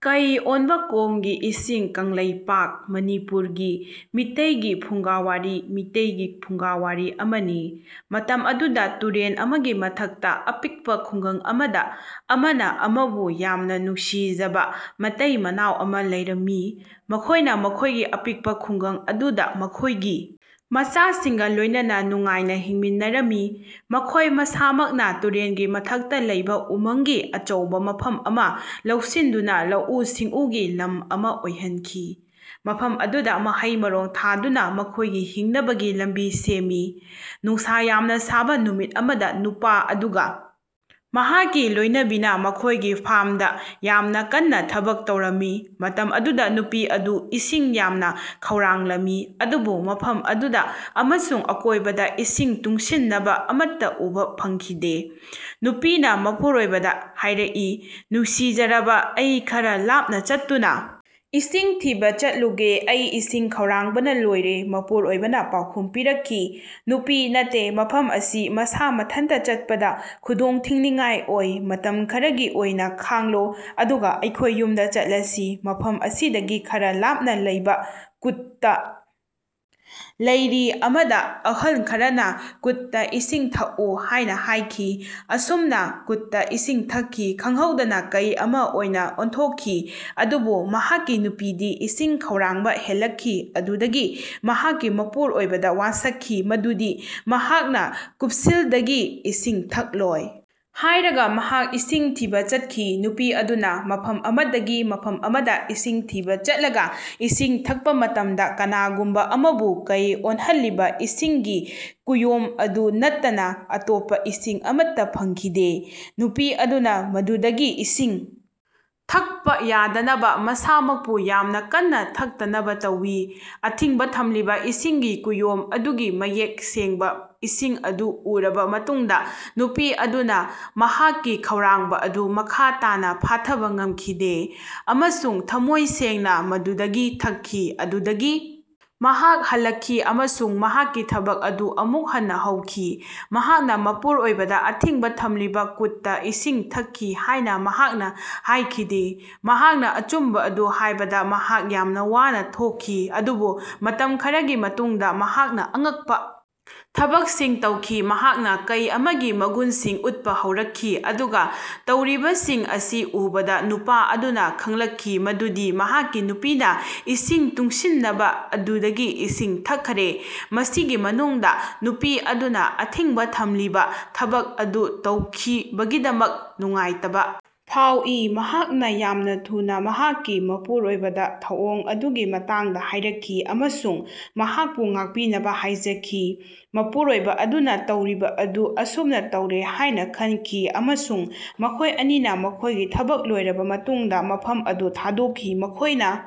ꯀꯩ ꯑꯣꯟꯕ ꯀꯣꯝꯒꯤ ꯏꯁꯤꯡ ꯀꯪꯂꯩꯄꯥꯛ (ꯃꯅꯤꯄꯨꯔ) ꯒꯤ ꯃꯤꯇꯩꯒꯤ ꯐꯨꯡꯒꯥꯋꯥꯔꯤ (ꯃꯩꯇꯩꯒꯤ ꯐꯨꯡꯒꯥꯋꯥꯔꯤ) ꯑꯃꯅꯤ꯫ ꯃꯇꯝ ꯑꯃꯗꯥ ꯇꯨꯔꯦꯜ ꯑꯃꯒꯤ ꯃꯊꯛꯇ ꯑꯄꯤꯛꯄꯥ ꯈꯨꯡꯒꯪ ꯑꯃꯗ ꯑꯃꯅ ꯑꯃꯕꯨ ꯌꯥꯝꯅ ꯅꯨꯡꯁꯤꯖꯕ ꯃꯇꯩꯃꯅꯥꯎ ꯑꯃ ꯂꯩꯔꯝꯃꯤ꯫ ꯃꯈꯣꯏꯅ ꯃꯈꯣꯏꯒꯤ ꯑꯄꯤꯛꯄꯥ ꯈꯨꯡꯒꯪ ꯑꯗꯨꯗ ꯃꯈꯣꯏꯒꯤ ꯃꯆꯥꯁꯤꯡꯒ ꯂꯣꯏꯅꯅ ꯅꯨꯡꯉꯥꯏꯅ ꯍꯤꯡꯃꯤꯟꯅꯔꯝꯃꯤ꯫ ꯃꯈꯣꯏ ꯃꯁꯥꯃꯛꯅ ꯇꯨꯔꯦꯜꯒꯤ ꯃꯊꯛꯇ ꯂꯩꯕ ꯎꯃꯪꯒꯤ ꯑꯆꯧꯕ ꯃꯐꯝ ꯑꯃ ꯂꯧꯁꯤꯟꯗꯨꯅꯥ ꯂꯧꯎ-ꯁꯤꯡꯎꯒꯤ ꯂꯝ ꯑꯃ ꯑꯣꯏꯍꯟꯈꯤ꯫ ꯃꯐꯝ ꯑꯗꯨꯗ ꯃꯍꯩ-ꯃꯔꯣꯡ ꯊꯥꯗꯨꯅ ꯃꯈꯣꯏꯒꯤ ꯍꯤꯡꯅꯕꯒꯤ ꯂꯝꯕꯤ ꯁꯦꯝꯃꯤ꯫ ꯅꯨꯡꯁꯥ ꯌꯥꯝꯅ ꯁꯥꯕ ꯅꯨꯃꯤꯠ ꯑꯃꯗ ꯅꯨꯄꯥ ꯑꯗꯨꯒ ꯃꯍꯥꯛꯀꯤ ꯂꯣꯏꯅꯕꯤꯅ ꯃꯈꯣꯏꯒꯤ ꯐꯥꯔ꯭ꯝꯗ ꯌꯥꯝꯅ ꯀꯟꯅ ꯊꯕꯛ ꯇꯧꯔꯝꯃꯤ꯫ ꯃꯇꯝ ꯑꯗꯨꯗ ꯅꯨꯄꯤ ꯑꯗꯨ ꯏꯁꯤꯡ ꯌꯥꯝꯅ ꯈꯧꯔꯥꯡꯂꯝꯃꯤ ꯑꯗꯨꯕꯨ ꯃꯐꯝ ꯑꯗꯨꯗ ꯑꯃꯁꯨꯡ ꯑꯀꯣꯏꯕꯗ ꯏꯁꯤꯡ ꯇꯨꯡꯁꯤꯅꯕꯥ ꯑꯃꯠꯇ ꯎꯕ ꯐꯪꯈꯤꯗꯦ꯫ ꯅꯨꯄꯤꯅ ꯃꯄꯨꯔꯣꯏꯕꯗ ꯍꯥꯏꯔꯛꯏ, "ꯅꯨꯡꯁꯤꯖꯔꯕ, ꯑꯩ ꯈꯔ ꯂꯥꯞꯅ ꯆꯠꯇꯨꯅ ꯏꯁꯤꯡ ꯊꯤꯕꯥ ꯆꯠꯂꯨꯒꯦ꯫ ꯑꯩ ꯏꯁꯤꯡ ꯈꯧꯔꯥꯡꯕꯅ ꯂꯣꯏꯔꯦ"꯫ ꯃꯄꯨꯔꯣꯏꯕꯅꯥ ꯄꯥꯎꯈꯨꯝ ꯄꯤꯔꯛꯈꯤ, "ꯅꯨꯄꯤ ꯅꯠꯇꯦ, ꯃꯐꯝ ꯑꯁꯤ ꯃꯁꯥ ꯃꯊꯟꯇꯥ ꯆꯠꯄꯗ ꯈꯨꯗꯣꯡꯊꯤꯅꯤꯡꯉꯥꯏ ꯑꯣꯏ꯫ ꯃꯇꯝ ꯈꯔꯒꯤ ꯑꯣꯏꯅ ꯈꯥꯡꯂꯣ ꯑꯗꯨꯒ ꯑꯩꯈꯣꯏ ꯌꯨꯝꯗ ꯆꯠꯂꯁꯤ꯫ ꯃꯐꯝ ꯑꯁꯤꯗꯒꯤ ꯈꯔ ꯂꯥꯞꯅ ꯂꯩꯕ ꯀꯨꯠꯇꯥ ꯂꯩꯔꯤ ꯑꯃꯗ ꯑꯍꯜ ꯈꯔꯅ ꯀꯨꯠꯇꯥ ꯏꯁꯤꯡ ꯊꯛꯎ ꯍꯥꯏꯅ ꯍꯥꯏꯈꯤ꯫ ꯑꯁꯨꯝꯅ ꯀꯨꯠꯇꯥ ꯏꯁꯤꯡ ꯊꯛꯈꯤ, ꯈꯪꯍꯧꯗꯅ ꯀꯩ ꯑꯃ ꯑꯣꯏꯅ ꯑꯣꯟꯊꯣꯛꯈꯤ"꯫ ꯑꯗꯨꯕꯨ ꯃꯍꯥꯛꯀꯤ ꯅꯨꯄꯤꯗꯤ ꯏꯁꯤꯡ ꯈꯧꯔꯥꯡꯕ ꯍꯦꯂꯛꯈꯤ ꯑꯗꯨꯗꯒꯤ ꯃꯍꯥꯛꯀꯤ ꯃꯄꯨꯔꯣꯏꯕꯗ ꯋꯥꯁꯛꯈꯤ ꯃꯗꯨꯗꯤ ꯃꯍꯥꯛꯅ ꯀꯨꯞꯁꯤꯜꯗꯒꯤ ꯏꯁꯤꯡ ꯊꯛꯂꯣꯏ ꯍꯥꯢꯔꯒ ꯃꯍꯥꯛ ꯏꯁꯤꯡ ꯊꯤꯕ ꯆꯠꯈꯤ꯫ ꯅꯨꯄꯤ ꯑꯗꯨꯅ ꯃꯐꯝ ꯑꯃꯗꯒꯤ ꯃꯐꯝ ꯑꯃꯗ ꯏꯁꯤꯡ ꯊꯤꯕꯥ ꯆꯠꯂꯒ ꯏꯁꯤꯡ ꯊꯛꯄ ꯃꯇꯝꯗ ꯀꯅꯥꯒꯨꯝꯕ ꯑꯃꯕꯨ ꯀꯩ ꯑꯣꯏꯍꯜꯂꯤꯕ ꯏꯁꯤꯡꯒꯤ ꯀꯨꯌꯣꯝ ꯑꯗꯨ ꯅꯠꯇꯅ ꯑꯇꯣꯞꯄ ꯏꯁꯤꯡ ꯑꯃꯠꯇ ꯐꯪꯈꯤꯗꯦ꯫ ꯅꯨꯄꯤ ꯑꯗꯨꯅ ꯃꯗꯨꯗꯒꯤ ꯏꯁꯤꯡ ꯊꯛꯄ ꯌꯥꯗꯅꯕ ꯃꯁꯥꯃꯛꯄꯨ ꯌꯥꯝꯅ ꯀꯟꯅ ꯊꯛꯇꯅꯕ ꯇꯧꯏ꯫ ꯑꯊꯤꯡꯕ ꯊꯝꯂꯤꯕ ꯏꯁꯤꯡꯒꯤ ꯀꯨꯌꯣꯝ ꯑꯗꯨꯒꯤ ꯃꯌꯦꯛ ꯁꯦꯡꯕꯥ ꯏꯁꯤꯡ ꯑꯗꯨ ꯎꯔꯕ ꯃꯇꯨꯡꯗ ꯅꯨꯄꯤ ꯑꯗꯨꯅ ꯃꯍꯥꯛꯀꯤ ꯈꯧꯔꯥꯡꯕ ꯑꯗꯨ ꯃꯈꯥ ꯇꯥꯅꯥ ꯐꯥꯊꯕ ꯉꯝꯈꯤꯗꯦ꯫ ꯑꯃꯁꯨꯡ ꯊꯝꯃꯣꯏ ꯁꯦꯡꯅ ꯃꯗꯨꯗꯒꯤ ꯊꯛꯈꯤ꯫ ꯑꯗꯨꯗꯒꯤ ꯃꯍꯥꯛ ꯍꯜꯂꯛꯈꯤ ꯑꯃꯁꯨꯡ ꯃꯍꯥꯛꯀꯤ ꯊꯕꯛ ꯑꯗꯨ ꯑꯃꯨꯛ ꯍꯟꯅ ꯍꯧꯈꯤ꯫ ꯃꯍꯥꯛꯅ ꯃꯄꯨꯔꯣꯏꯕꯗ ꯑꯊꯤꯡꯕ ꯊꯝꯂꯤꯕ ꯀꯨꯠꯇꯥ ꯏꯁꯤꯡ ꯊꯛꯈꯤ ꯍꯥꯏꯅ ꯃꯍꯥꯛꯅ ꯍꯥꯏꯈꯤꯗꯦ꯫ ꯃꯍꯥꯛꯅ ꯑꯆꯨꯝꯕ ꯑꯗꯨ ꯍꯥꯏꯕꯗ ꯃꯍꯥꯛ ꯌꯥꯝꯅ ꯋꯥꯅ ꯊꯣꯛꯈꯤ꯫ ꯑꯗꯨꯕꯨ ꯃꯇꯝ ꯈꯔꯒꯤ ꯃꯇꯨꯡꯗ ꯃꯍꯥꯛꯅ ꯑꯉꯛꯄ ꯊꯕꯛꯁꯤꯡ ꯇꯧꯈꯤ꯫ ꯃꯍꯥꯛꯅ ꯀꯩ ꯑꯃꯒꯤ ꯃꯒꯨꯟꯁꯤꯡ ꯎꯠꯄ ꯍꯧꯔꯛꯈꯤ꯫ ꯑꯗꯨꯒ ꯇꯧꯔꯤꯕꯁꯤꯡ ꯑꯁꯤ ꯎꯕꯗ ꯅꯨꯄꯥ ꯑꯗꯨꯅ ꯈꯪꯂꯛꯈꯤ ꯃꯗꯨꯗꯤ ꯃꯍꯥꯛꯀꯤ ꯅꯨꯄꯤꯅ ꯏꯁꯤꯡ ꯇꯨꯡꯁꯤꯅꯕ ꯑꯗꯨꯗꯒꯤ ꯏꯁꯤꯡ ꯊꯛꯈ꯭ꯔꯦ꯫ ꯃꯁꯤꯒꯤ ꯃꯅꯨꯡꯗ ꯅꯨꯄꯤ ꯑꯗꯨꯅ ꯑꯊꯤꯡꯕ ꯊꯝꯂꯤꯕ ꯊꯕꯛ ꯑꯗꯨ ꯇꯧꯈꯤꯕꯒꯤꯗꯃꯛ ꯅꯨꯡꯉꯥꯏꯇꯕ ꯐꯥꯎꯏ꯫ ꯃꯍꯥꯛꯅ ꯌꯥꯝꯅ ꯊꯨꯅ ꯃꯍꯥꯛꯀꯤ ꯃꯄꯨꯔꯣꯏꯕꯗ ꯊꯧꯗꯣꯛ ꯑꯗꯨꯒꯤ ꯃꯇꯥꯡꯗ ꯍꯥꯏꯔꯛꯈꯤ ꯑꯃꯁꯨꯡ ꯃꯍꯥꯛꯄꯨ ꯉꯥꯛꯄꯤꯅꯕ ꯍꯥꯏꯖꯈꯤ꯫ ꯃꯄꯨꯔꯣꯏꯕ ꯑꯗꯨꯅ ꯇꯧꯔꯤꯕ ꯑꯗꯨ ꯑꯁꯨꯝꯅꯥ ꯇꯧꯔꯦ ꯍꯥꯏꯅ ꯈꯟꯈꯤ ꯑꯃꯁꯨꯡ ꯃꯈꯣꯏ ꯑꯅꯤꯅ ꯃꯈꯣꯏꯒꯤ ꯊꯕꯛ ꯂꯣꯏꯔꯕ ꯃꯇꯨꯡꯗ ꯃꯐꯝ ꯑꯗꯨ ꯊꯥꯗꯣꯛꯈꯤ꯫ ꯃꯈꯣꯏꯅ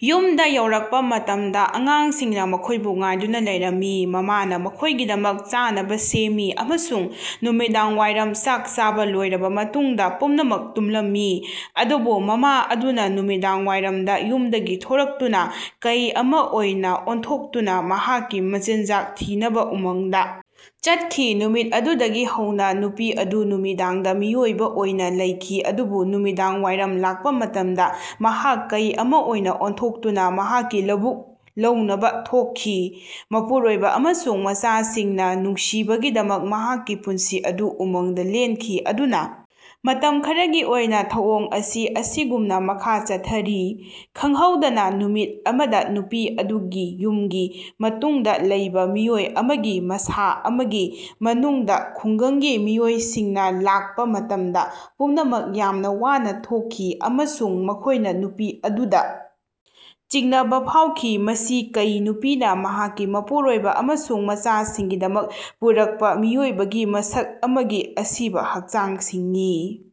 ꯌꯨꯝꯗ ꯌꯧꯔꯛꯄ ꯃꯇꯝꯗ ꯑꯉꯥꯡꯁꯤꯡꯅ ꯃꯈꯣꯏꯕꯨ ꯉꯥꯏꯗꯨꯅ ꯂꯩꯔꯝꯃꯤ꯫ ꯃꯃꯥꯅ ꯃꯈꯣꯏꯒꯤꯗꯃꯛ ꯆꯥꯅꯕ ꯁꯦꯝꯃꯤ ꯑꯃꯁꯨꯡ ꯅꯨꯃꯤꯗꯥꯡꯋꯥꯏꯔꯝ ꯆꯥꯛ ꯆꯥꯕ ꯂꯣꯏꯔꯕ ꯃꯇꯨꯡꯗꯥ ꯄꯨꯝꯅꯃꯛ ꯇꯨꯝꯂꯝꯃꯤ꯫ ꯑꯗꯨꯕꯨ ꯃꯃꯥ ꯑꯗꯨꯅ ꯅꯨꯃꯤꯗꯥꯡꯋꯥꯏꯔꯝꯗ ꯌꯨꯝꯗꯒꯤ ꯊꯣꯔꯛꯇꯨꯅ ꯀꯩ ꯑꯃ ꯑꯣꯏꯅ ꯑꯣꯟꯊꯣꯛꯇꯨꯅ ꯃꯍꯥꯛꯀꯤ ꯃꯆꯤꯟꯖꯥꯛ ꯊꯤꯅꯕ ꯎꯃꯪꯗ ꯆꯠꯈꯤ꯫ ꯅꯨꯃꯤꯠ ꯑꯗꯨꯗꯒꯤ ꯍꯧꯅꯥ ꯅꯨꯄꯤ ꯑꯗꯨ ꯅꯨꯃꯤꯗꯥꯡꯗ ꯃꯤꯑꯣꯏꯕ ꯑꯣꯏꯅ ꯂꯩꯈꯤ ꯑꯗꯨꯕꯨ ꯅꯨꯃꯤꯗꯥꯡꯋꯥꯏꯔꯝ ꯂꯥꯛꯄ ꯃꯇꯝꯗ ꯃꯍꯥꯛ ꯀꯩ ꯑꯃ ꯑꯣꯏꯅ ꯑꯣꯟꯊꯣꯛꯇꯨꯅ ꯃꯍꯥꯛꯀꯤ ꯂꯧꯕꯨꯛ ꯂꯧꯅꯕ ꯊꯣꯛꯈꯤ꯫ ꯃꯄꯨꯔꯣꯏꯕ ꯑꯃꯁꯨꯡ ꯃꯆꯥꯁꯤꯡꯒꯤ ꯅꯨꯡꯁꯤꯕꯒꯤꯗꯃꯛ ꯃꯍꯥꯛꯀꯤ ꯄꯨꯟꯁꯤ ꯑꯗꯨ ꯎꯃꯪꯗ ꯂꯦꯟꯈꯤ꯫ ꯑꯗꯨꯅ ꯃꯇꯝ ꯈꯔꯒꯤ ꯑꯣꯏꯅ ꯊꯧꯑꯣꯡ ꯑꯁꯤ ꯑꯁꯤꯒꯨꯝꯅ ꯃꯈꯥ ꯆꯠꯊꯔꯤ꯫ ꯈꯪꯍꯧꯗꯅ ꯅꯨꯃꯤꯠ ꯑꯃꯗ ꯅꯨꯄꯤ ꯑꯗꯨꯒꯤ ꯌꯨꯝꯒꯤ ꯃꯇꯨꯡꯗ ꯂꯩꯕ ꯃꯤꯑꯣꯏ ꯑꯃꯒꯤ ꯃꯁꯥ ꯑꯃꯒꯤ ꯃꯅꯨꯡꯗ ꯈꯨꯡꯒꯪꯒꯤ ꯃꯤꯑꯣꯏꯁꯤꯡꯅ ꯂꯥꯛꯄ ꯃꯇꯝꯗ ꯄꯨꯝꯅꯃꯛ ꯌꯥꯝꯅ ꯋꯥꯅ ꯊꯣꯛꯈꯤ ꯑꯃꯁꯨꯡ ꯃꯈꯣꯏꯅ ꯅꯨꯄꯤ ꯑꯗꯨꯗ ꯆꯤꯡꯅꯕ ꯐꯥꯎꯈꯤ꯫ ꯃꯁꯤ ꯀꯩ - ꯅꯨꯄꯤꯅ ꯃꯍꯥꯛꯀꯤ ꯃꯄꯨꯔꯣꯏꯕ ꯑꯃꯁꯨꯡ ꯃꯆꯥꯁꯤꯡꯒꯤꯗꯃꯛ ꯄꯨꯔꯛꯄ ꯃꯤꯑꯣꯏꯕꯒꯤ ꯃꯁꯛ ꯑꯃꯒꯤ ꯑꯁꯤꯕꯥ ꯍꯛꯆꯥꯡꯁꯤꯡꯅꯤ꯫